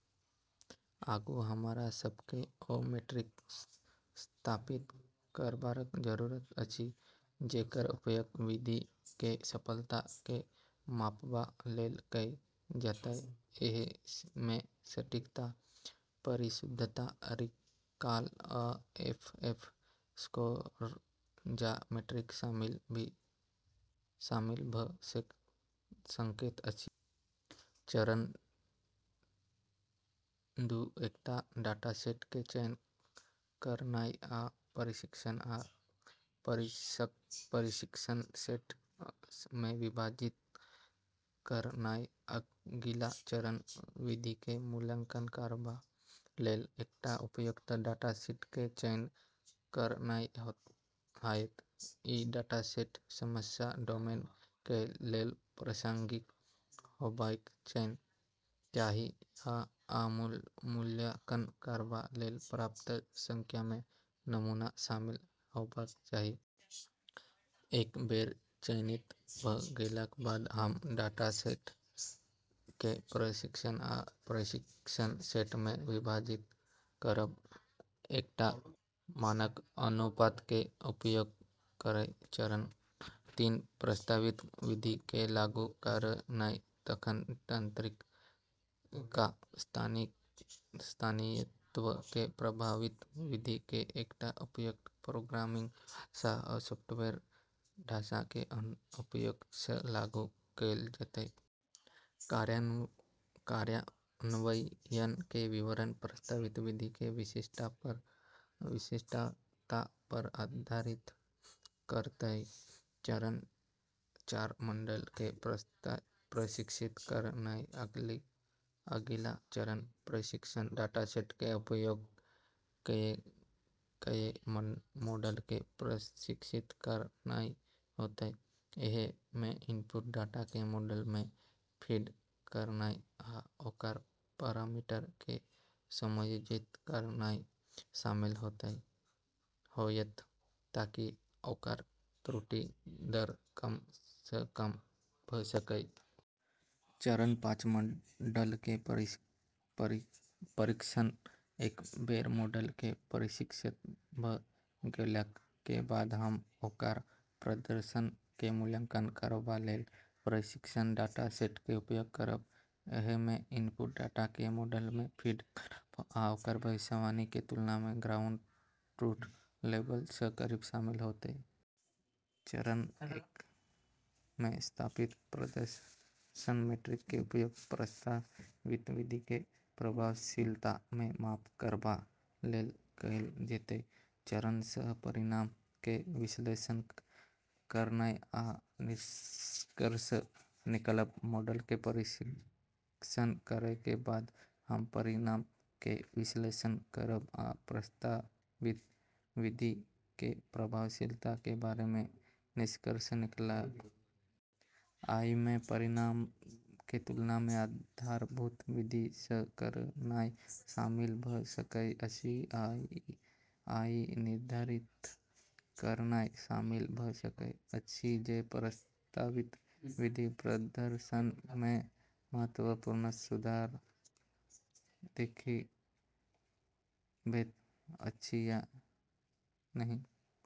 आगू हमरा सब के ओ मीट्रिक स्थापित करबाक जरूरत अछि जेकर उपयोग विधि के सफलता के मापबा लेल कएल जाएत। एहि मे सटीकता, परिशुद्धता, रिकॉल, आ एफ एक स्कोर जकां मीट्रिक शामिल भ सकैत अछि। चरण दू एकटा डाटासेट के चयन करनाय आ प्रशिक्षण आ परीक्षण सेट मे विभाजित करनाय। अगिला चरण विधि के मूल्यांकन करबा लेल एकटा उपयुक्त डाटासेट के चयन करनाय होयत। ई डाटासेट समस्या डोमेन के लेल प्रासंगिक होबाक चाही आ मूल्यांकन करबा लेल पर्याप्त संख्या मे नमूना शामिल होबाक चाही। एक बेर चयनित भ गेलाक बाद, हम डाटासेट के प्रशिक्षण आ परीक्षण सेट मे विभाजित करब, एकटा मानक अनुपात के उपयोग करय। चरण तीन प्रस्तावित विधि के लागू करनाय। तखन तंत्रिका स्थायित्व के प्रस्तावित विधि के एकटा उपयुक्त प्रोग्रामिंग भाषा आ सॉफ्टवेयर ढाँचा के उपयोग सँ लागू कएल जेतय। कार्यान्वयन के विवरण प्रस्तावित विधि के विशिष्टता पर निर्भर करतय। चरण चार मॉडल के प्रशिक्षित करनाय। अगिला चरण प्रशिक्षण डाटासेट के उपयोग कए कए मॉडल के प्रशिक्षित करनाय होयत। एहि मे इनपुट डाटा के मॉडल मे फीड करनाय आ ओकर पैरामीटर के समायोजित करनाय शामिल होयत ताकि ओकर त्रुटि दर कम सँ कम भ सकय। चरण पाँच मॉडल के परीक्षण। एक बेर मॉडल के प्रशिक्षित भ गेलाक के बाद, हम ओकर प्रदर्शन के मूल्यांकन करबा लेल परीक्षण डाटासेट के उपयोग करब। एहि मे इनपुट डाटा के मॉडल मे फीड करब आ ओकर भविष्यवाणी के तुलना ग्राउंड ट्रूथ लेबल सँ करब शामिल होएत। चरण एक मे स्थापित प्रदर्शन मीट्रिक के उपयोग प्रस्तावित विधि के प्रभावशीलता के माप करबा लेल कएल जेतय। चरण छह परिणाम के विश्लेषण करनाय आ निष्कर्ष निकालब। मॉडल के परीक्षण करय के बाद हम परिणाम के विश्लेषण करब आ प्रस्तावित विधि के प्रभावशीलता के बारे मे निष्कर्ष निकालब। अइ मे परिणाम के तुलना आधारभूत विधि सँ करनाय शामिल भ सकय अछि, आ ई निर्धारित करनाय शामिल भ सकय अछि जे प्रस्तावित विधि प्रदर्शन मे महत्वपूर्ण सुधार दिखबैत अछि या नहि।